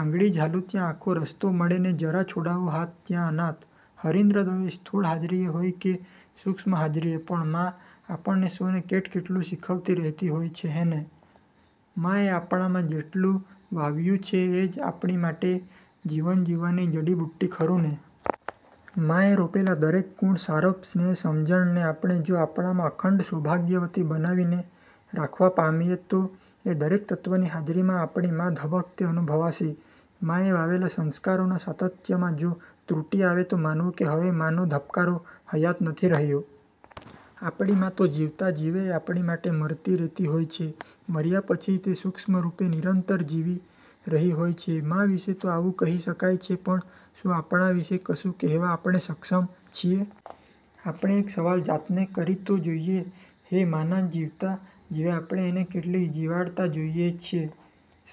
આંગળી ઝાલું ત્યાં આખો રસ્તો મળે, ને.. જરા છોડાવું હાથ ત્યાં અનાથ હરીન્દ્ર દવે સ્થૂળ હાજરીએ હોય કે સૂક્ષ્મ હાજરીએ પણ 'મા' આપણને સૌને કેટકેટલું શીખવતી રહેતી હોય છે હેં ને? મા એ આપણામાં જેટલું વાવ્યું છે એ જ આપણી માટે જીવન જીવવાની જડીબુટ્ટી, ખરું ને! મા એ રોપેલા દરેક ગુણ, સારપ, સ્નેહ, સમજણને આપણે જો આપણામાં અખંડ સૌભાગ્યવતી બનાવીને રાખવા પામીએ તો એ દરેક તત્ત્વની હાજરીમાં આપણી ' મા' ધબકતી અનુભવાશે. માએ વાવેલા સંસ્કારોનાં સાતત્યમાં જો ત્રુટી આવે તો માનવું કે હવે માનો ધબકારો હયાત નથી રહ્યો. આપણી મા તો જીવતાં જીવેય આપણી માટે મરતી રે'તી હોય છે. મર્યા પછીય તે સૂક્ષ્મરૂપે નિરંતર જીવી રહી હોય છે. મા વિષે તો આવું કહી શકાય છે પણ શું આપણા વિષે કશું કહેવા આપણે સક્ષમ છીએ? આપણે એક સવાલ જાતને કરી તો જોઈએ. હેં! માના જીવતાં જીવે આપણે એને કેટલી જીવાડતાં જોઈએ છીએ?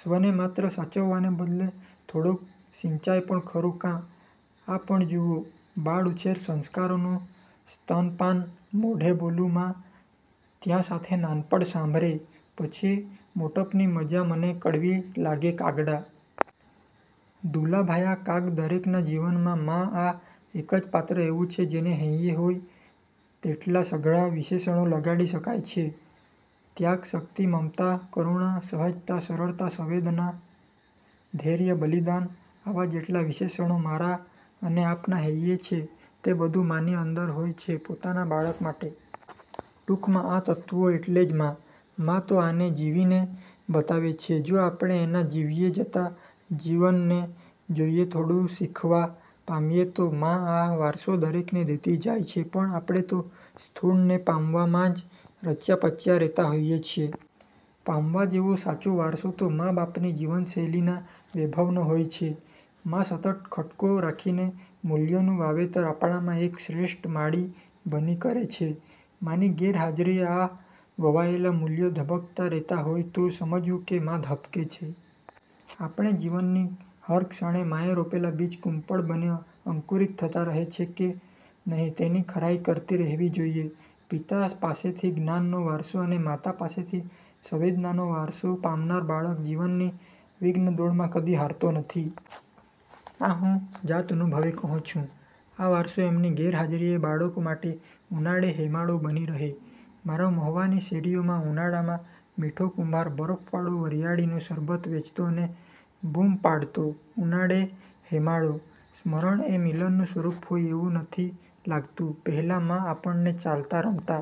સ્વને માત્ર સાચવવાને બદલે થોડોક સિંચાય પણ ખરો કાં! આ પણ જુઓ: બાળ ઉછેર: સંસ્કારોનું સ્તનપાન મોઢે બોલું મા, ત્યાં સાથે નાનપણ સાંભરે, પછી મોટપની મજા, મને કડવી લાગે કાગડા! દુલા ભાયા કાગ દરેકનાં જીવનમાં 'મા'આ એક જ પાત્ર એવું છે જેને હૈયે હોય તેટલા સઘળાં વિશેષણો લગાડી શકાય છે. ત્યાગ, શક્તિ, મમતા, કરુણા, સહજતા, સરળતા, સંવેદના, ધૈર્ય, બલિદાન આવાં જેટલાં વિશેષણો મારા અને આપના હૈયે છે તે બધું માની અંદર હોય છે પોતાના બાળક માટે. ટૂંકમાં આ તત્ત્વો એટલે જ 'મા'. મા તો આને જીવીને બતાવે છે જો આપણે એનાં જીવ્યે જતાં જીવનને જોઈને થોડું શીખવા પામીએ તો! મા આ વારસો દરેકને દેતી જાય છે પણ આપણે તો સ્થૂળને પામવામાં જ રચ્યા-પચ્યા રે'તા હોઈએ છીએ. પામવા જેવો સાચો વારસો તો મા-બાપની જીવનશૈલીનાં વૈભવનો હોય છે. મા સતત ખટકો રાખીને મૂલ્યોનું વાવેતર આપણામાં એક શ્રેષ્ઠ માળી બની કરે છે. માની ગેરહાજરીએ આ વવાયેલા મૂલ્યો ધબકતા રે'તા હોય તો સમજવું કે મા ધબકે છે. આપણે જીવનની હર ક્ષણે માએ રોપેલા બીજ કુંપળ બની અંકુરિત થતા રહે છે કે નહી તેની ખરાઈ કરતી રહેવી જોઈએ. પિતા પાસેથી જ્ઞાનનો વારસો અને માતા પાસેથી સંવેદનાનો વારસો પામનાર બાળક જીવનની વિઘ્નદોડમાં કદી હારતો નથી. આ હું જાત અનુભવે કહું છું. આ વારસો એમની ગેરહાજરીએ બાળકો માટે 'ઉનાળે હેમાળો' બની રહે. મારા મહુવાની શેરીઓમાં ઉનાળામાં 'મીઠો કુંભાર' બરફવાળું વરિયાળીનું શરબત વેચતો અને બૂમ પાડતો..ઉનાળે હેમાળો.. સ્મરણ એ મિલનનું સ્વરૂપ હોય એવું નથી લાગતું? પહેલા મા આપણને ચાલતા, રમતા,